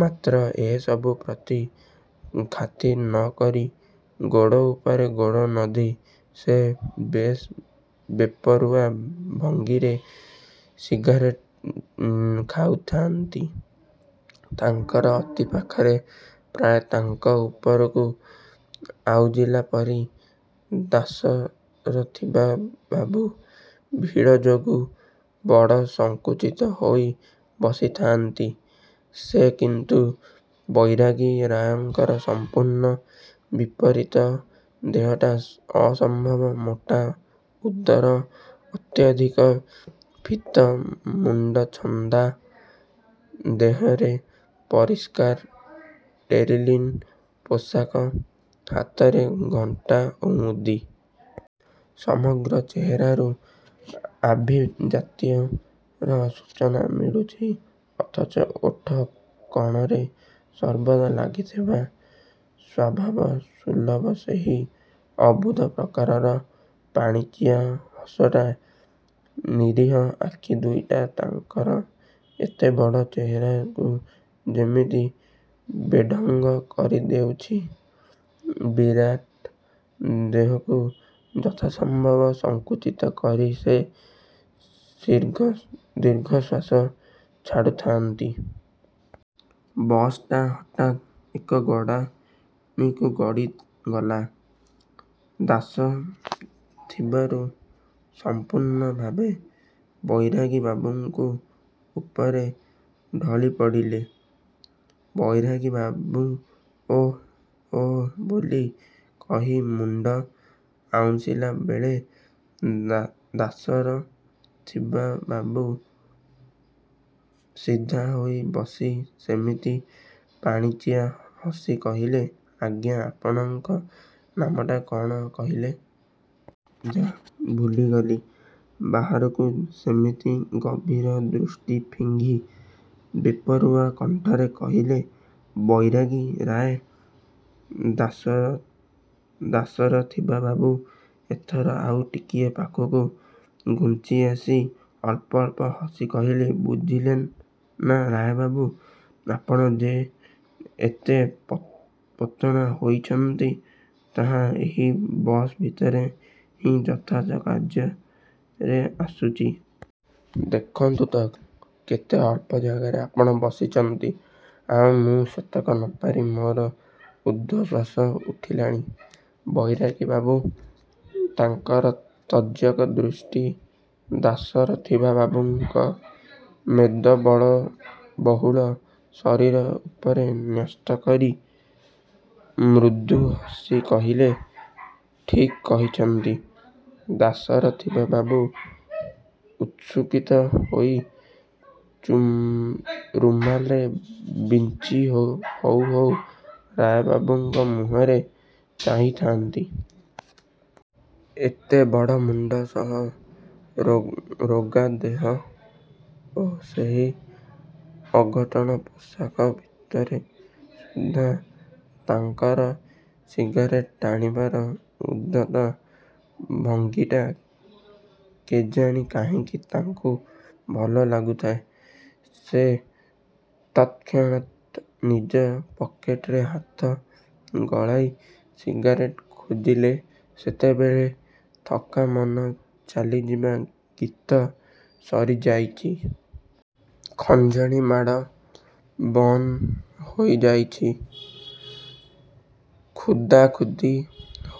ମାତ୍ର ଏସବୁ ପ୍ରତି ଖାତିର ନକରି ଗୋଡ଼ ଉପରେ ଗୋଡ଼ ନଦି ସେ ବେଶ୍ ବେପରୁଆ ଭଙ୍ଗୀରେ ସିଗାରେଟ ଖାଉଥା'ନ୍ତି। ତାଙ୍କର ଅତି ପାଖରେ ପ୍ରାୟ ତାଙ୍କ ଉପରକୁ ଆଉଜିଲା ପରି, ଦାଶରଥିବାବୁ ଭିଡ଼ ଯୋଗୁଁ ବଡ଼ ସଙ୍କୁଚିତ ହୋଇ ବସିଥା'ନ୍ତି। ସେ କିନ୍ତୁ ବୈରାଗୀ ରାୟଙ୍କର ସମ୍ପୂର୍ଣ୍ଣ ବିପରୀତ ଦେହଟା ଅସମ୍ଭବ ମୋଟା, ଉଦର ଅତ୍ୟଧିକ ଫୀତ, ମୁଣ୍ଡ ଚନ୍ଦା, ଦେହରେ ପରିଷ୍କାର ଟେରିଲିନ ପୋଷାକ, ହାତରେ ଘଣ୍ଟା ଓ ମୁଦି। ସମଗ୍ର ଚେହେରାରୁ ଆଭିଜାତ୍ୟର ସୂଚନା ମିଳୁଛି। ଅଥଚ ଓଠ କଣରେ ସର୍ବଦା ଲାଗିଥିବା ସ୍ଵଭାବ ସୁଲଭ ସେହି ଅଦ୍ଭୁତ ପ୍ରକାରର ପାଣିଚିଆ ହସଟା, ନିରୀହ ଆଖି ଦୁଇଟା ତାଙ୍କର ଏତେବଡ଼ ଚେହେରାକୁ ଯେମିତି ବେଢ଼ଙ୍ଗ କରି ଦଉଚି। ବିରାଟ ଦେହକୁ ଯଥାସମ୍ଭବ ସଙ୍କୁଚିତ କରି ସେ ଦୀର୍ଘଶ୍ୱାସ ଛାଡ଼ୁଥା'ନ୍ତି। ବସଟା ହଠାତ୍ ଏକ ଗଡ଼ାଣିରୁ ଗଡ଼ିଗଲା। ଦାଶରଥିବାବୁ ସମ୍ପୂର୍ଣ୍ଣ ଭାବେ ବୈରାଗୀବାବୁଙ୍କ ଉପରେ ଢଳି ପଡ଼ିଲେ। ବୈରାଗୀବାବୁ "ଓଃ, ହୋ" ବୋଲି କହି ମୁଣ୍ଡ ଆଉଁସିଲା ବେଳେ, ଦାଶରଥିବାବୁ ସିଧା ହୋଇ ବସି ସେମିତି ପାଣିଚିଆ ହସି କହିଲେ, "ଆଜ୍ଞା, ଆପଣଙ୍କ ନାମଟା କଣ କହିଲେ? ଯାଃ, ଭୁଲିଗଲି।" ବାହାରକୁ ସେମିତି ଗଭୀର ଦୃଷ୍ଟି ଫିଙ୍ଗି, ବେପରୁଆ କଣ୍ଠରେ କହିଲେ, "ବୈରାଗୀ ରାୟ।"ଦାଶରଥିବାବୁ ଏଥର ଆଉ ଟିକିଏ ପାଖକୁ ଘୁଞ୍ଚିଆସି, ଅଳ୍ପ ଅଳ୍ପ ହସି କହିଲେ, "ବୁଝିଲେ ନା ରାୟବାବୁ, ଆପଣ ଯେ ଏତେ ପତଳା ହୋଇଚନ୍ତି, ତାହା ଏହି ବସ ଭିତରେ ହିଁ ଯଥାର୍ଥ କାର୍ଯ୍ୟରେ ଆସୁଚି। ଦେଖନ୍ତୁ ତ, କେତେ ଅଳ୍ପ ଜାଗାରେ ଆପଣ ବସିଚନ୍ତି, ଆଉ ମୁଁ ସେତକ ନପାରି, ମୋର ଊର୍ଦ୍ଧ୍ଵଶ୍ଵାସ ଉଠିଲାଣି।" ବୈରାଗୀବାବୁ ତାଙ୍କର ତୀର୍ଯ୍ୟକ ଦୃଷ୍ଟି, ଦାଶରଥିବାବୁଙ୍କ ମେଦବହୁଳ ଶରୀର ଉପରେ ନ୍ୟସ୍ତ କରି, ମୃଦୁ ହସି କହିଲେ, "ଠିକ୍ କହିଛନ୍ତି।" ଦାଶରଥିବାବୁ ଉତ୍ସୁକିତ ହୋଇ, ରୁମାଲରେ ବିଞ୍ଚି ହଉ ହଉ ରାୟବାବୁଙ୍କ ମୁହଁକୁ ଚାହିଁଥା'ନ୍ତି। ଏତେବଡ଼ ମୁଣ୍ଡ ସହ ରୋଗା ଦେହ ଓ ସେହି ଅଘଟଣ ପୋଷାକ ଭିତରେ ସୁଦ୍ଧା, ତାଙ୍କର ସିଗାରେଟ ଟାଣିବାର ଉଦ୍ଧତ ଭଙ୍ଗୀଟା କେଜାଣି କାହିଁକି ତାଙ୍କୁ ଭଲ ଲାଗୁଥାଏ। ସେ ତତ୍କ୍ଷଣାତ୍ ନିଜ ପକେଟରେ ହାତ ଗଳାଇ ସିଗାରେଟ ଖୋଜିଲେ। ସେତେବେଳେ 'ଥକା ମନ ଚାଲି ଯିବା' ଗୀତ ସରିଯାଇଚି। ଖଞ୍ଜଣି ମାଡ଼ ବନ୍ଦ ହୋଇ ଯାଇଚି। ଖୁନ୍ଦାଖୁନ୍ଦି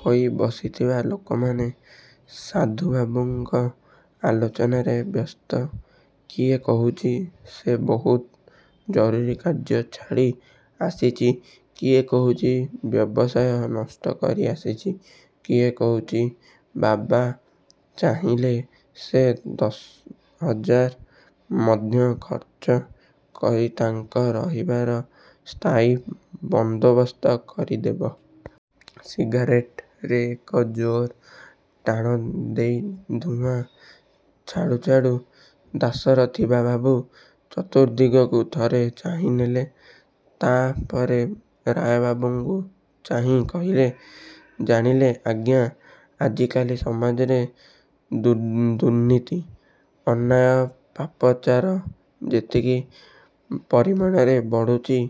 ହୋଇ ବସିଥିବା ଲୋକମାନେ ସାଧୁବାବାଙ୍କ ଆଲୋଚନାରେ ବ୍ୟସ୍ତ। କିଏ କହୁଚି ସେ ବହୁତ ଜରୁରୀ କାର୍ଯ୍ୟ ଛାଡ଼ି ଆସିଚି, କିଏ କହୁଚି ବ୍ୟବସାୟ ନଷ୍ଟ କରି ଆସିଚି, କିଏ କହୁଚି, ବାବା ଚାହିଁଲେ ସେ ଦଶହଜାର ମଧ୍ୟ ଖର୍ଚ୍ଚ କରି ତାଙ୍କ ରହିବାର ସ୍ଥାୟୀ ବନ୍ଦୋବସ୍ତ କରି ଦବ। ସିଗାରେଟରେ ଏକ ଜୋର ଟାଣ ଦେଇ ଧୂଆଁ ଛାଡ଼ୁ ଛାଡ଼ୁ, ଦାଶରଥିବାବୁ ଚତୁର୍ଦ୍ଦିଗକୁ ଥରେ ଚାହିଁନେଲେ, ତା' ପରେ ରାୟବାବୁଙ୍କୁ ଚାହିଁ କହିଲେ, "ଜାଣିଲେ ଆଜ୍ଞା, ଆଜିକାଲି ସମାଜରେ ଦୁର୍ନୀତି, ଅନ୍ୟାୟ, ପାପାଚାର ଯେତିକି ପରିମାଣରେ ବଢ଼ୁଚି,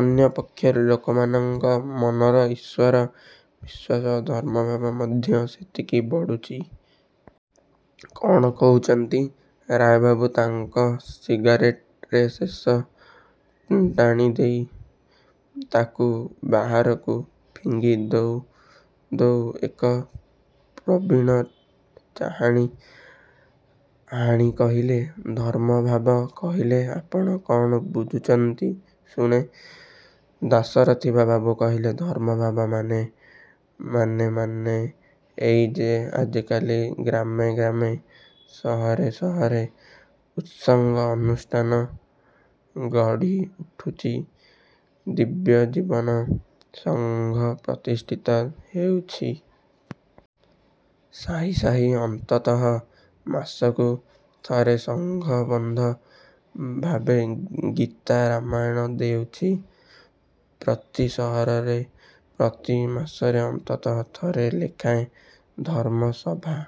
ଅନ୍ୟପକ୍ଷରେ ଲୋକମାନଙ୍କ ମନର ଈଶ୍ୱର ବିଶ୍ୱାସ ଓ ଧର୍ମଭାବ ମଧ୍ୟ ସେତିକି ବଢ଼ୁଚି। କ'ଣ କହୁଚନ୍ତି?" ରାୟବାବୁ ତାଙ୍କ ସିଗାରେଟରେ ଶେଷ ଟାଣି ଦେଇ, ତାକୁ ବାହାରକୁ ଫିଙ୍ଗି ଦଉ ଦଉ ଏକ ପ୍ରବୀଣ ଚାହାଣୀ ହାଣି କହିଲେ, "ଧର୍ମଭାବ କହିଲେ ଆପଣ କ'ଣ ବୁଝନ୍ତି ଶୁଣେ?" ଦାଶରଥିବାବୁ କହିଲେ, "ଧର୍ମଭାବ ମାନେ, ମାନେ, ମାନେ ଏଇଯେ ଆଜିକାଲି ଗ୍ରାମେ ଗ୍ରାମେ ସହରେ ସହରେ ସତ୍ସଙ୍ଗ ଅନୁଷ୍ଠାନ ଗଢ଼ି ଉଠୁଚି, ଦିବ୍ୟଜୀବନ ସଂଘ ପ୍ରତିଷ୍ଠିତ ହେଉଛି। ସାହି ସାହିରେ ଅନ୍ତତଃ ମାସକୁ ଥରେ ସଂଘବଦ୍ଧ ଭାବେ ଗୀତା-ରାମାୟଣ ହେଉଛି। ପ୍ରତି ସହରରେ, ପ୍ରତି ମାସରେ ଅନ୍ତତଃ ଥରେ ଲେଖାଁ ଧର୍ମ ସଭା"